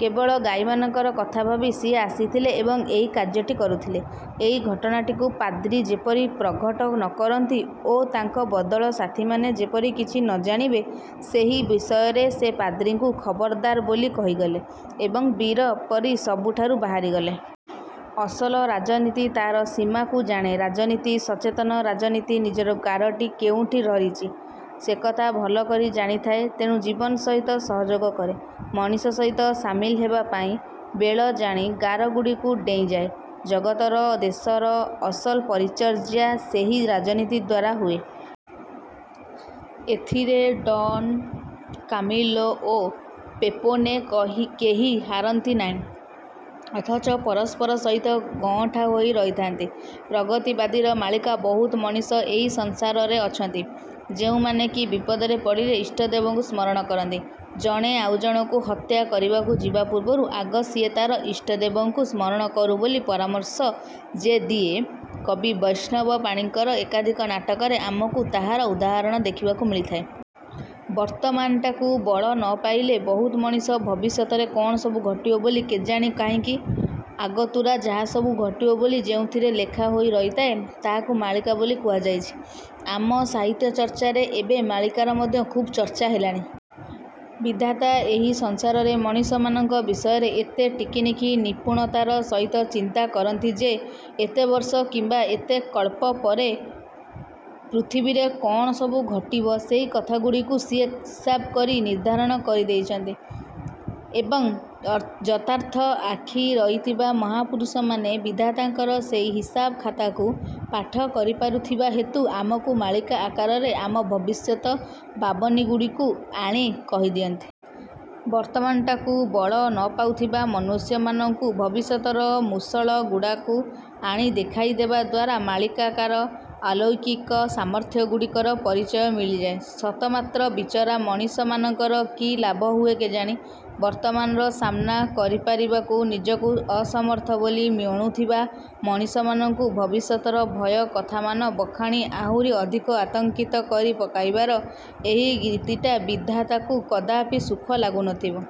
କେବଳ ଗାଈମାନଙ୍କର କଥା ଭାବି ସିଏ ଆସିଥିଲେ ଏବଂ ଏହି କାର୍ଯ୍ୟଟି କରୁଥିଲେ। ଏହି ଘଟଣାଟିକୁ ପାଦ୍ରୀ ଯେପରି ପ୍ରଘଟ ନକରନ୍ତି ଓ ତାଙ୍କ ଦଳର ସାଥୀମାନେ ଯେପରି କିଛି ନଜାଣିବେ, ସେହି ବିଷୟରେ ସେ ପାଦ୍ରୀଙ୍କୁ ଖବରଦାର ବୋଲି କହିଗଲେ ଏବଂ ବୀର ପରି ସେଠାରୁ ବାହାରିଗଲେ। ଅସଲ ରାଜନୀତି ତା'ର ସୀମାକୁ ଜାଣେ। ରାଜନୀତି, ସଚେତନ ରାଜନୀତି ନିଜର ଗାରଟି କୋଉଠି ସରିଛି, ସେକଥା ଭଲକରି ଜାଣିଥାଏ ତେଣୁ ଜୀବନ ସହିତ ସହଯୋଗ କରେ, ମଣିଷ ସହିତ ସାମିଲ ହେବା ପାଇଁ ବେଳ ଜାଣି ଗାରଗୁଡ଼ିକୁ ଡ଼େଇଁଯାଏ। ଜଗତର, ଦେଶର ଅସଲ ପରିଚର୍ଯ୍ୟା ସେହି ରାଜନୀତି ଦ୍ୱାରା ହୁଏ। ଏଥିରେ ଡ଼ନ୍ କାମିଲୋ ଓ ପେପୋନେ କେହି ହାରନ୍ତି ନାହିଁ। ଅଥଚ ପରସ୍ପର ସହିତ ଗଅଁଠା ହୋଇ ରହିଥାନ୍ତି। ପ୍ରଗତିବାଦୀର ମାଳିକା ବହୁତ ମଣିଷ ଏହି ସଂସାରରେ ଅଛନ୍ତି, ଯେଉଁମାନେ କି ବିପଦରେ ପଡ଼ିଲେ ଇଷ୍ଟଦେବଙ୍କୁ ସ୍ମରଣ କରନ୍ତି। ଜଣେ ଆଉଜଣକୁ ହତ୍ୟା କରିବାକୁ ଯିବା ପୂର୍ବରୁ ଆଗ ସିଏ ତା'ର ଇଷ୍ଟଦେବଙ୍କୁ ସ୍ମରଣ କରୁ ବୋଲି ପରାମର୍ଶ ଯେ ଦିଏ, କବି ବୈଷ୍ଣବ ପାଣିଙ୍କର ଏକାଧିକ ନାଟକରେ ଆମକୁ ତାହାର ଉଦାହରଣ ଦେଖିବାକୁ ମିଳିଥାଏ। ବର୍ତ୍ତମାନଟାକୁ ବଳ ନପାଇଲେ ବହୁତ ମଣିଷ ଭବିଷ୍ୟତରେ କ'ଣ ସବୁ ଘଟିବ ବୋଲି କେଜାଣି କାହିଁକି? ଆଗତୁରା ଯାହାସବୁ ଘଟିବ ବୋଲି ଯେଉଁଥିରେ ଲେଖା ହୋଇ ରହିଥାଏ, ତାହାକୁ ମାଳିକା ବୋଲି କୁହାଯାଇଛି। ଆମ ସାହିତ୍ୟଚର୍ଚ୍ଚାରେ ଏବେ ମାଳିକାର ମଧ୍ୟ ଖୁବ୍ ଚର୍ଚ୍ଚା ହେଲାଣି। ବିଧାତା ଏହି ସଂସାରରେ ମଣିଷମାନଙ୍କ ବିଷୟରେ ଏତେ ଟିକିନିଖି ନିପୁଣତାର ସହିତ ଚିନ୍ତା କରନ୍ତି ଯେ, ଏତେ ବର୍ଷ କିମ୍ବା ଏତେ କଳ୍ପ ପରେ ପୃଥିବୀରେ କ'ଣ ସବୁ ଘଟିବ, ସେହି କଥାଗୁଡ଼ିକୁ ସିଏ ହିସାବ କରି ନିର୍ଦ୍ଧାରଣ କରି ଦେଇଛନ୍ତି ଏବଂ ଅର ଯଥାର୍ଥ ଆଖି ରହିଥିବା ମହାପୁରୁଷମାନେ ବିଧାତାଙ୍କର ସେହି ହିସାବଖାତାକୁ ପାଠ କରିପାରୁଥିବା ହେତୁ ଆମକୁ ମାଳିକା ଆକାରରେ ଆମ ଭବିଷ୍ୟତ ବାବନିଗୁଡ଼ିକୁ ଆଣି କହିଦିଅନ୍ତି। ବର୍ତ୍ତମାନଟାକୁ ବଳ ନପାଉଥିବା ମନୁଷ୍ୟମାନଙ୍କୁ ଭବିଷ୍ୟତର ମୂଷଳଗୁଡ଼ାକୁ ଆଣି ଦେଖାଇଦେବା ଦ୍ୱାରା ମାଳିକାକାର ଅଲୌକିକ ସାମର୍ଥ୍ୟଗୁଡ଼ିକର ପରିଚୟ ମିଳିଯାଏ ସତ ମାତ୍ର ବିଚରା ମଣିଷମାନଙ୍କର କି ଲାଭ ହୁଏ କେଜାଣି? ବର୍ତ୍ତମାନର ସାମ୍ନା କରିପାରିବାକୁ ନିଜକୁ ଅସମର୍ଥ ବୋଲି ମଣୁଥିବା ମଣିଷମାନଙ୍କୁ ଭବିଷ୍ୟତର ଭୟକଥାମାନ ବଖାଣି ଆହୁରି ଅଧିକ ଆତଙ୍କିତ କରି ପକାଇବାର ଏହି ରୀତିଟା ବିଧାତାକୁ କଦାପି ସୁଖ ଲାଗୁନଥିବ।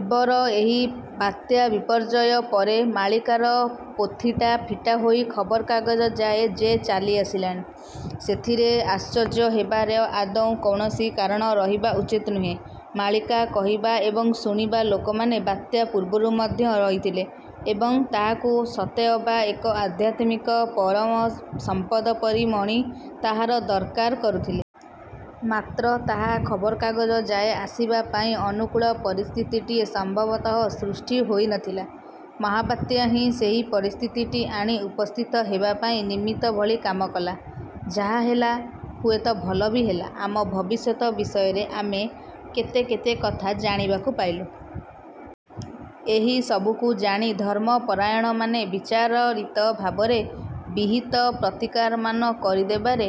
ଏବର ଏହି ବାତ୍ୟାବିପର୍ଯ୍ୟୟ ପରେ ମାଳିକାର ପୋଥିଟା ଫିଟା ହୋଇ ଖବରକାଗଜ ଯାଏ ଯେ ଚାଲିଆସିଲା, ସେଥିରେ ଆଶ୍ଚର୍ଯ୍ୟ ହେବାର ଆଦୌ କୌଣସି କାରଣ ରହିବା ଉଚିତ ନୁହେଁ। ମାଳିକା କହିବା ଏବଂ ଶୁଣିବା ଲୋକମାନେ ବାତ୍ୟା ପୂର୍ବରୁ ମଧ୍ୟ ରହିଥିଲେ ଏବଂ ତାହାକୁ ସତେଅବା ଏକ ଆଧ୍ୟାତ୍ମିକ ପରମ ସମ୍ପଦ ପରି ମଣି ତାହାର ଦରକାର କରୁଥିଲେ। ମାତ୍ର ତାହା ଖବରକାଗଜ ଯାଏ ଆସିବା ପାଇଁ ଅନୁକୂଳ ପରିସ୍ଥିତିଟିଏ ସମ୍ଭବତଃ ସୃଷ୍ଟି ହୋଇନଥିଲା। ମହାବାତ୍ୟା ହିଁ ସେହି ପରିସ୍ଥିତିଟି ଆଣି ଉପସ୍ଥିତ ହେବା ପାଇଁ ନିମିତ୍ତ ଭଳି କାମ କଲା। ଯାହା ହେଲା, ହୁଏତ ଭଲ ବି ହେଲା। ଆମ ଭବିଷ୍ୟତ ବିଷୟରେ ଆମେ କେତେ କେତେ କଥା ଜାଣିବାକୁ ପାଇଲୁ। ଏହିସବୁକୁ ଜାଣି ଧର୍ମପରାୟଣମାନେ ବିଚାରରିତ ଭାବରେ ବିହିତ ପ୍ରତିକାରମାନ କରିଦେବାରେ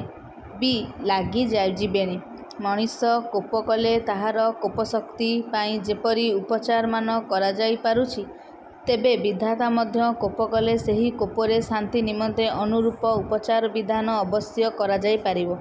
ବି ଲାଗିଯାଯିବେଣି। ମଣିଷ କୋପକଲେ ତାହାର କୋପଶକ୍ତି ପାଇଁ ଯେପରି ଉପଚାରମାନ କରାଯାଇ ପାରୁଛି, ତେବେ ବିଧାତା ମଧ୍ୟ କୋପକଲେ ସେହି କୋପରେ ଶାନ୍ତି ନିମନ୍ତେ ଅନୁରୂପ ଉପଚାରବିଧାନ ଅବଶ୍ୟ କରାଯାଇପାରିବ।